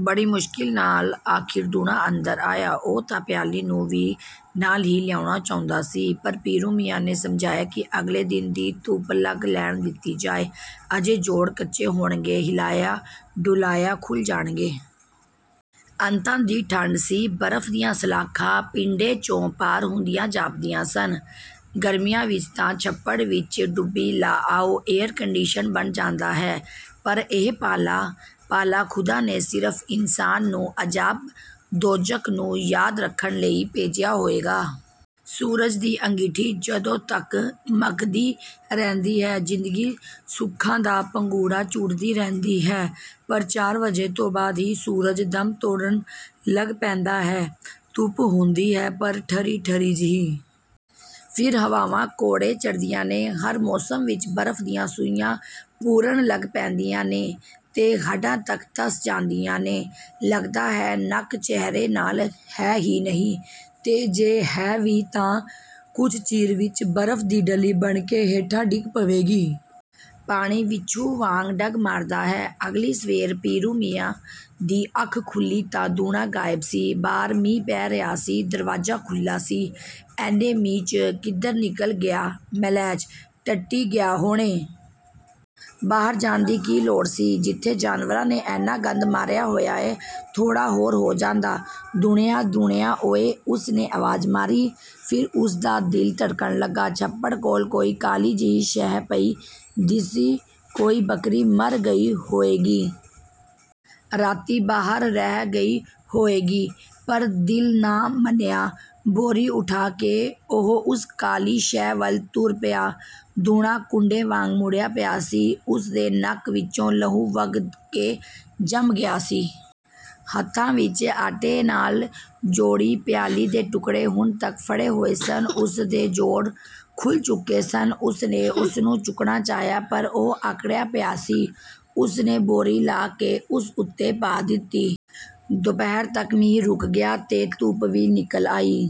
ਬੜੀ ਮੁਸ਼ਕਿਲ ਨਾਲ ਅਖੀਰ ਦੂਣਾ ਅੰਦਰ ਆਇਆ। ਉਹ ਤਾਂ ਪਿਆਲੀ ਨੂੰ ਵੀ ਨਾਲ ਹੀ ਲਿਆਉਣਾ ਚਾਹੁੰਦਾ ਸੀ, ਪਰ ਪੀਰੂ ਮੀਆਂ ਨੇ ਸਮਝਾਇਆ ਕਿ ਅਗਲੇ ਦਿਨ ਦੀ ਧੁੱਪ ਲੱਗ ਲੈਣ ਦਿੱਤੀ ਜਾਏ। ਅਜੇ ਜੋੜ ਕੱਚੇ ਹੋਣਗੇ ਹਿਲਾਇਆਂ-ਡੁਲਾਇਆਂ ਖੁੱਲ੍ਹ ਜਾਣਗੇ। ਅੰਤਾਂ ਦੀ ਠੰਡ ਸੀ। ਬਰਫ਼ ਦੀਆਂ ਸਲਾਖਾਂ ਪਿੰਡੇ 'ਚੋਂ ਪਾਰ ਹੁੰਦੀਆਂ ਜਾਪਦੀਆਂ ਸਨ। ਗਰਮੀਆਂ ਵਿੱਚ ਤਾਂ ਛੱਪੜ ਵਿੱਚ ਟੁੱਭੀ ਲਾ ਆਓ, ਏਅਰ-ਕੰਡੀਸ਼ਨ ਬਣ ਜਾਂਦਾ ਹੈ। ਪਰ ਇਹ ਪਾਲਾ, ਪਾਲਾ ਖ਼ੁਦਾ ਨੇ ਸਿਰਫ਼ ਇਨਸਾਨ ਨੂੰ ਅਜ਼ਾਬ-ਦੋਜ਼ਖ਼ ਨੂੰ ਯਾਦ ਰੱਖਣ ਲਈ ਭੇਜਿਆ ਹੋਏਗਾ। ਸੂਰਜ ਦੀ ਅੰਗੀਠੀ ਜਦੋਂ ਤੱਕ ਮਘਦੀ ਰਹਿੰਦੀ ਹੈ, ਜ਼ਿੰਦਗੀ ਸੁੱਖਾਂ ਦਾ ਭੰਗੂੜਾ ਝੂਟਦੀ ਰਹਿੰਦੀ ਹੈ। ਪਰ ਚਾਰ ਵਜੇ ਤੋਂ ਬਾਅਦ ਹੀ ਸੂਰਜ ਦਮ ਤੋੜਨ ਲੱਗ ਪੈਂਦਾ ਹੈ। ਧੁੱਪ ਹੁੰਦੀ ਹੈ ਪਰ ਠਰੀ-ਠਰੀ ਜਿਹੀ। ਫਿਰ ਹਵਾਵਾਂ ਘੋੜੇ ਚੜ੍ਹਦੀਆਂ ਨੇ, ਹਰ ਮੋਸਮ ਵਿੱਚ ਬਰਫ਼ ਦੀਆਂ ਸੂਈਆਂ ਪੁਰਨ ਲੱਗ ਪੈਂਦੀਆਂ ਨੇ ਤੇ ਹੱਡਾਂ ਤੱਕ ਧਸ ਜਾਂਦੀਆਂ ਨੇ। ਲੱਗਦਾ ਹੈ, ਨੱਕ ਚਿਹਰੇ ਨਾਲ ਹੈ ਹੀ ਨਹੀਂ ਤੇ ਜੇ ਹੈ ਵੀ ਤਾਂ ਕੁਝ ਚਿਰ ਵਿੱਚ ਬਰਫ਼ ਦੀ ਡਲੀ ਬਣ ਕੇ ਹੇਠਾਂ ਡਿੱਗ ਪਵੇਗੀ। ਪਾਣੀ ਬਿੱਛੂ ਵਾਂਗ ਡੰਗ ਮਾਰਦਾ ਹੈ। ਅਗਲੀ ਸਵੇਰ ਪੀਰੂ ਮੀਆਂ ਦੀ ਅੱਖ ਖੁੱਲ੍ਹੀ ਤਾਂ ਦੂਣਾ ਗਾਇਬ ਸੀ। ਬਾਹਰ ਮੀਂਹ ਪੈ ਰਿਹਾ ਸੀ, ਦਰਵਾਜ਼ਾ ਖੁੱਲ੍ਹਾ ਸੀ। "ਐਨੇ ਮੀਂਹ 'ਚ ਕਿੱਧਰ ਨਿਕਲ ਗਿਆ ਮਲੈਛ, ਟੱਟੀ ਗਿਆ ਹੋਣੈ। ਬਾਹਰ ਜਾਣ ਦੀ ਕੀ ਲੋੜ ਸੀ, ਜਿੱਥੇ ਜਾਨਵਰਾਂ ਨੇ ਐਨਾ ਗੰਦ ਮਾਰਿਆ ਹੋਇਆ ਐ, ਥੋੜਾ ਹੋਰ ਹੋ ਜਾਂਦਾ" "ਦੂਣਿਆਂ, ਦੂਣਿਆਂ ਓਏ।" ਉਸ ਨੇ ਆਵਾਜ਼ ਮਾਰੀ। ਫਿਰ ਉਸਦਾ ਦਿਲ ਧੜਕਣ ਲੱਗਾ, ਛੱਪੜ ਕੋਲ ਕੋਈ ਕਾਲੀ ਜਿਹੀ ਸ਼ੈ ਪਈ ਦਿਸੀ ਕੋਈ ਬੱਕਰੀ ਮਰ ਗਈ ਹੋਏਗੀ। ਰਾਤੀਂ, ਬਾਹਰ ਰਹਿ ਗਈ ਹੋਏਗੀ। ਪਰ ਦਿਲ ਨਾ ਮੰਨਿਆ। ਬੋਰੀ ਉੱਠਾ ਕੇ ਉਹ ਉਸ ਕਾਲੀ ਸ਼ੈ ਵੱਲ ਤੁਰ ਪਿਆ। ਦੂਣਾ ਕੁੰਡੇ ਵਾਂਗ ਮੁੜਿਆ ਪਿਆ ਸੀ। ਉਸਦੇ ਨੱਕ ਵਿੱਚੋਂ ਲਹੂ ਵਗ ਕੇ ਜੰਮ ਗਿਆ ਸੀ। ਹੱਥਾਂ ਵਿੱਚ ਆਟੇ ਨਾਲ ਜੋੜੀ ਪਿਆਲੀ ਦੇ ਟੁੱਕੜੇ ਹੁਣ ਤੱਕ ਫੜ੍ਹੇ ਹੋਏ ਸਨ। ਉਸਦੇ ਜੋੜ ਖੁੱਲ੍ਹ ਚੁੱਕੇ ਸਨ। ਉਸ ਨੇ ਉਸਨੂੰ ਚੁੱਕਣਾ ਚਾਹਿਆ ਪਰ ਉਹ ਆਕੜਿਆ ਪਿਆ ਸੀ। ਉਸਨੇ ਬੋਰੀ ਲਾਹ ਕੇ ਉਸ ਉੱਤੇ ਪਾ ਦਿੱਤੀ। ਦੁਪਹਿਰ ਤੱਕ ਮੀਂਹ ਰੁਕ ਗਿਆ ਤੇ ਧੁੱਪ ਵੀ ਨਿਕਲ ਆਈ।